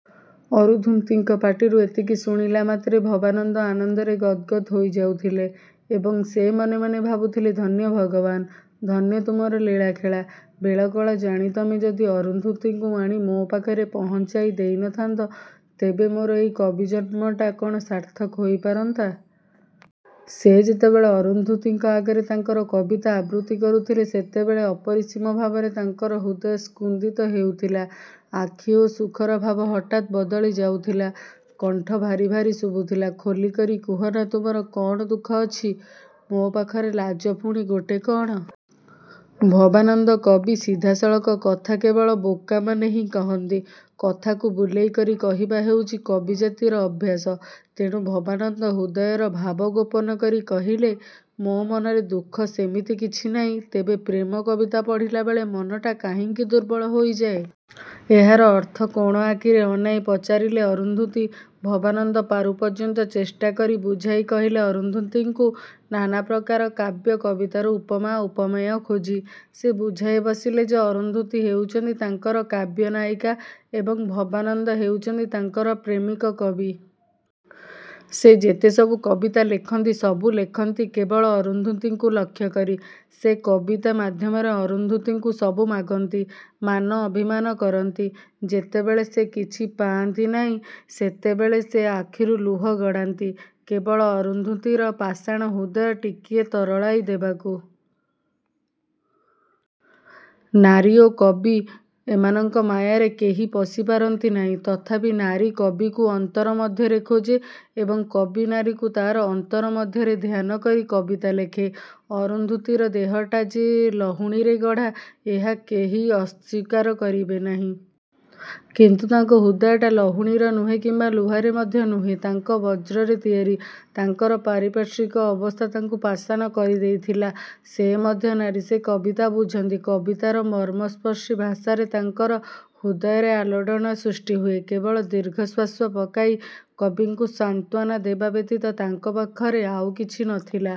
'' ଅରୁନ୍ଧୁତୀଙ୍କ ପାଟିରୁ ଏତିକି ଶୁଣିଲା ମାତ୍ରେ ଭବାନନ୍ଦ ଆନନ୍ଦରେ ଗଦ୍ ଗଦ୍ ହୋଇଯାଉଥିଲେ ଏବଂ ସେ ମନେମନେ ଭାବୁଥିଲେ ଧନ୍ୟ ଭଗବାନ! ଧନ୍ୟ ତୁମର ଲୀଳାଖେଳା-। ବେଳକାଳ ଜାଣି ତମେ ଯଦି ଅରୁନ୍ଧୁତୀକୁ ଆଣି ମୋ ପାଖରେ ପହଞ୍ଚାଇ ଦେଇନଥାନ୍ତ, ତେବେ ମୋର ଏଇ କବି ଜନ୍ମଟା କ'ଣ ସାର୍ଥକ ହୋଇପାରନ୍ତା? ସେ ଯେତେବେଳେ ଅରୁନ୍ଧୁତୀଙ୍କ ଆଗରେ ତାଙ୍କର କବିତା ଆବୃତ୍ତି କରୁଥିଲେ, ସେତେବେଳେ ଅପରିସୀମ ଭାବରେ ତାଙ୍କର ହୃଦୟ ସ୍ପନ୍ଦିତ ହେଉଥିଲା। ଆଖି ଓ ସୁଖର ଭାବ ହଠାତ୍ ବଦଳି ଯାଉଥିଲା। କଣ୍ଠ ଭାରି ଭାରି ଶୁଭୁଥିଲା। ଖୋଲିକରି କୁହନା, ତୁମର କ'ଣ ଦୁଃଖ ଅଛି? ମୋ ପାଖରେ ଲାଜ ପୁଣି ଗୋଟେ କ'ଣ? '' ଭବାନନ୍ଦ କବି। ସିଧାସଳଖ କଥା କେବଳ ବୋକାମାନେ ହିଁ କହନ୍ତି। କଥାକୁ ବୁଲେଇକରି କହିବା ହେଉଛି କବିଜାତିର ଅଭ୍ୟାସ। ତେଣୁ ଭବାନନ୍ଦ ହୃଦୟର ଭାବ ଗୋପନକରି କହିଲେ, ''ମୋ ମନରେ ଦୁଃଖ ସେମିତି କିଛି ନାହିଁ। ତେବେ ପ୍ରେମ କବିତା ପଢ଼ିଲା ବେଳେ ମନଟା କାହିଁକି ଦୁର୍ବଳ ହୋଇଯାଏ। '' ''ଏହାର ଅର୍ଥ? '' କୋଣ ଆଖିରେ ଅନାଇ ପଚାରିଲେ ଅରୁନ୍ଧୁତୀ। ଭବାନନ୍ଦ ପାରୁପର୍ଯ୍ୟନ୍ତ ଚେଷ୍ଟାକରି ବୁଝାଇ କହିଲେ ଅରୁନ୍ଧୁତୀକୁ। ନାନାପ୍ରକାର କାବ୍ୟ କବିତାରୁ ଉପମା, ଉପମେୟ ଖୋଜି। ସେ ବୁଝାଇ ବସିଲେ ଯେ ଅରୁନ୍ଧୁତୀ ହେଉଛନ୍ତି ତାଙ୍କର କାବ୍ୟନାୟିକା ଏବଂ ଭବାନନ୍ଦ ହେଉଛନ୍ତି ତାଙ୍କର ପ୍ରେମିକ କବି। ସେ ଯେତେସବୁ କବିତା ଲେଖନ୍ତି ସବୁ ଲେଖନ୍ତି କେବଳ ଅରୁନ୍ଧୁତୀକୁ ଲକ୍ଷ୍ୟକରି। ସେ କବିତା ମାଧ୍ୟମରେ ଅରୁନ୍ଧୁତୀକୁ ସବୁ ମାଗନ୍ତି। ମାନ, ଅଭିମାନ କରନ୍ତି। ଯେତେବେଳେ ସେ କିଛି ପାଆନ୍ତି ନାହିଁ, ସେତେବେଳେ ସେ ଆଖିରୁ ଲୁହ ଗଡ଼ାନ୍ତି, କେବଳ ଅରୁନ୍ଧୁତୀର ପାଷାଣ ହୃଦୟ ଟିକିଏ ତରଳାଇ ଦେବାକୁ। ନାରୀ ଓ କବି ଏମାନଙ୍କ ମାୟାରେ କେହି ପଶି ପାରନ୍ତି ନାହିଁ। ତଥାପି ନାରୀ କବିକୁ ଅନ୍ତର ମଧ୍ୟରେ ଖୋଜେ ଏବଂ କବି ନାରୀକୁ ତା'ର ଅନ୍ତର ମଧ୍ୟରେ ଧ୍ୟାନକରି କବିତା ଲେଖେ। ଅରୁନ୍ଧୁତୀର ଦେହଟା ଯେ ଲହୁଣୀରେ ଗଢ଼ା, ଏହା କେହି ଅସ୍ୱୀକାର କରିବେ ନାହିଁ। କିନ୍ତୁ ତାଙ୍କ ହୃଦୟଟା ଲହୁଣୀର ନୁହେଁ କିମ୍ବା ଲୁହାରେ ମଧ୍ୟ ନୁହେଁ। ତାହା ବଜ୍ରରେ ତିଆରି। ତାଙ୍କର ପାରିପାର୍ଶ୍ୱିକ ଅବସ୍ଥା ତାଙ୍କୁ ପାଷାଣ କରିଦେଇଥିଲା। ସେ ମଧ୍ୟ ନାରୀ। ସେ କବିତା ବୁଝନ୍ତି। କବିତାର ମର୍ମସ୍ପର୍ଶୀ ଭାଷାରେ ତାଙ୍କର ହୃଦୟରେ ଆଲୋଡ଼ନ ସୃଷ୍ଟିହୁଏ। କେବଳ ଦୀର୍ଘଶ୍ୱାସ ପକାଇ କବିକୁ ସାନ୍ତ୍ୱାନା ଦେବା ବ୍ୟତୀତ ତାଙ୍କ ପାଖରେ ଆଉ କିଛି ନ ଥିଲା।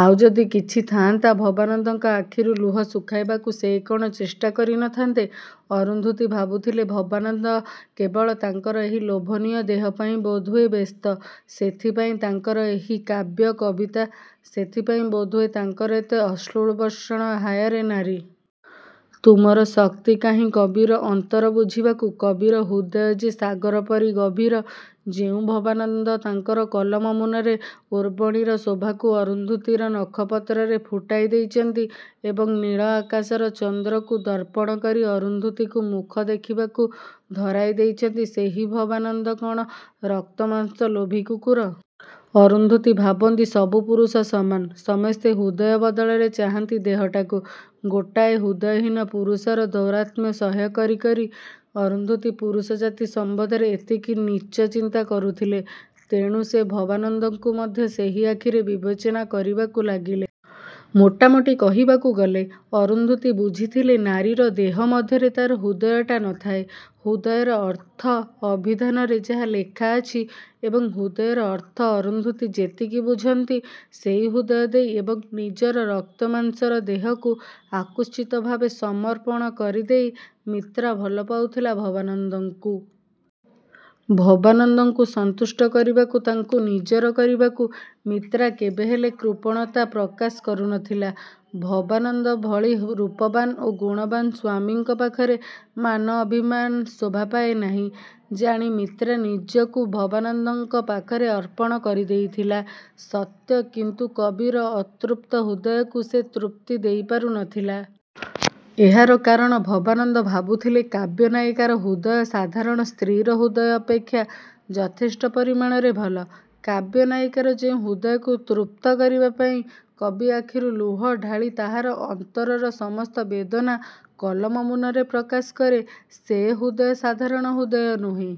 ଆଉ ଯଦି କିଛି ଥାଆନ୍ତା, ଭବାନନ୍ଦଙ୍କ ଆଖିରୁ ଲୁହ ଶୁଖାଇବାକୁ ସେ କ'ଣ ଚେଷ୍ଟା କରିନଥାନ୍ତେ? ଅରୁନ୍ଧୁତୀ ଭାବୁଥିଲେ ଭବାନନ୍ଦ କେବଳ ତାଙ୍କର ଏହି ଲୋଭନୀୟ ଦେହପାଇଁ ବୋଧହୁଏ ବ୍ୟସ୍ତ। ସେଥିପାଇଁ ତାଙ୍କର ଏହି କାବ୍ୟ, କବିତା। ସେଥିପାଇଁ ବୋଧହୁଏ ତାଙ୍କର ଏତେ ଅଶ୍ରୁବର୍ଷଣ। ହାୟରେ ନାରୀ! ତୁମର ଶକ୍ତି କାହିଁ କବିର ଅନ୍ତର ବୁଝିବାକୁ। କବିର ହୃଦୟ ଯେ ସାଗର ପରି ଗଭୀର। ଯେଉଁ ଭବାନନ୍ଦ ତାଙ୍କର କଲମ ମୂନରେ ଉର୍ବଶୀର ଶୋଭାକୁ ଅରୁନ୍ଧୁତୀର ନଖପତ୍ରରେ ଫୁଟାଇ ଦେଇଛନ୍ତି ଏବଂ ନୀଳ ଆକାଶର ଚନ୍ଦ୍ରକୁ ଦର୍ପଣ କରି ଅରୁନ୍ଧୁତୀକୁ ମୁଖ ଦେଖିବାକୁ ଧରାଇ ଦେଇଛନ୍ତି, ସେହି ଭବାନନ୍ଦ କ'ଣ ରକ୍ତମାଂସ ଲୋଭୀ କୁକୁର? ଅରୁନ୍ଧୁତୀ ଭାବନ୍ତି ସବୁ ପୁରୁଷ ସମାନ। ସମସ୍ତେ ହୃଦୟ ବଦଳରେ ଚାହାଁନ୍ତି ଦେହଟାକୁ-। ଗୋଟାଏ ହୃଦୟହୀନ ପୁରୁଷର ଦୌରାତ୍ମ୍ୟ ସହ୍ୟ କରି କରି ଅରୁନ୍ଧୁତୀ ପୁରୁଷଜାତି ସମ୍ବନ୍ଧରେ ଏତିକି ନୀଚ ଚିନ୍ତା କରୁଥିଲେ। ତେଣୁ ସେ ଭବାନନ୍ଦଙ୍କୁ ମଧ୍ୟ ସେହି ଆଖିରେ ବିବେଚନା କରିବାକୁ ଲାଗିଲେ। ମୋଟାମୋଟି କହିବାକୁ ଗଲେ ଅରୁନ୍ଧୁତୀ ବୁଝିଥିଲେ ନାରୀର ଦେହ ମଧ୍ୟରେ ତା'ର ହୃଦୟଟା ନଥାଏ। ହୃଦୟର ଅର୍ଥ ଅଭିଧାନରେ ଯାହା ଲେଖାଅଛି ଏବଂ ହୃଦୟର ଅର୍ଥ ଅରୁନ୍ଧୁତୀ ଯେତିକି ବୁଝନ୍ତି ସେହି ହୃଦୟଦେଇ ଏବଂ ନିଜର ରକ୍ତମାଂସର ଦେହକୁ ଆକୁଣ୍ଠିତଭାବେ ସମର୍ପଣ କରିଦେଇ ମିତ୍ରା ଭଲପାଉଥିଲା ଭବାନନ୍ଦକୁ। ଭବାନନ୍ଦକୁ ସନ୍ତୁଷ୍ଟ କରିବାକୁ, ତାଙ୍କୁ ନିଜର କରିବାକୁ ମିତ୍ରା କେବେହେଲେ କୃପଣତା ପ୍ରକାଶ କରୁନଥିଲା। ଭବାନନ୍ଦ ଭଳି ରୂପବାନ୍ ଓ ଗୁଣବାନ୍ ସ୍ୱାମୀଙ୍କ ପାଖରେ ମାନ ଅଭିମାନ ଶୋଭାପାଏ ନାହିଁ ଜାଣି ମିତ୍ରା ନିଜକୁ ଭବାନନ୍ଦଙ୍କ ପାଖରେ ଅର୍ପଣ କରିଦେଇଥିଲା ସତ୍ୟ; କିନ୍ତୁ କବିର ଅତୃପ୍ତ ହୃଦୟକୁ ସେ ତୃପ୍ତି ଦେଇପାରୁ ନଥିଲା। ଏହାର କାରଣ, ଭବାନନ୍ଦ ଭାବୁଥିଲେ କାବ୍ୟ ନାୟିକାର ହୃଦୟ ସାଧାରଣ ସ୍ତ୍ରୀର ହୃଦୟ ଅପେକ୍ଷା ଯଥେଷ୍ଟ ପରିମାଣରେ ଭଲ। କାବ୍ୟ ନାୟିକାର ଯେଉଁ ହୃଦୟକୁ ତୃପ୍ତ କରିବା ପାଇଁ କବି ଆଖିରୁ ଲୁହ ଢାଳି ତାହାର ଅନ୍ତରର ସମସ୍ତ ବେଦନା କଲମ ମୁନରେ ପ୍ରକାଶ କରେ ସେ ହୃଦୟ ସାଧାରଣ ହୃଦୟ ନୁହେଁ।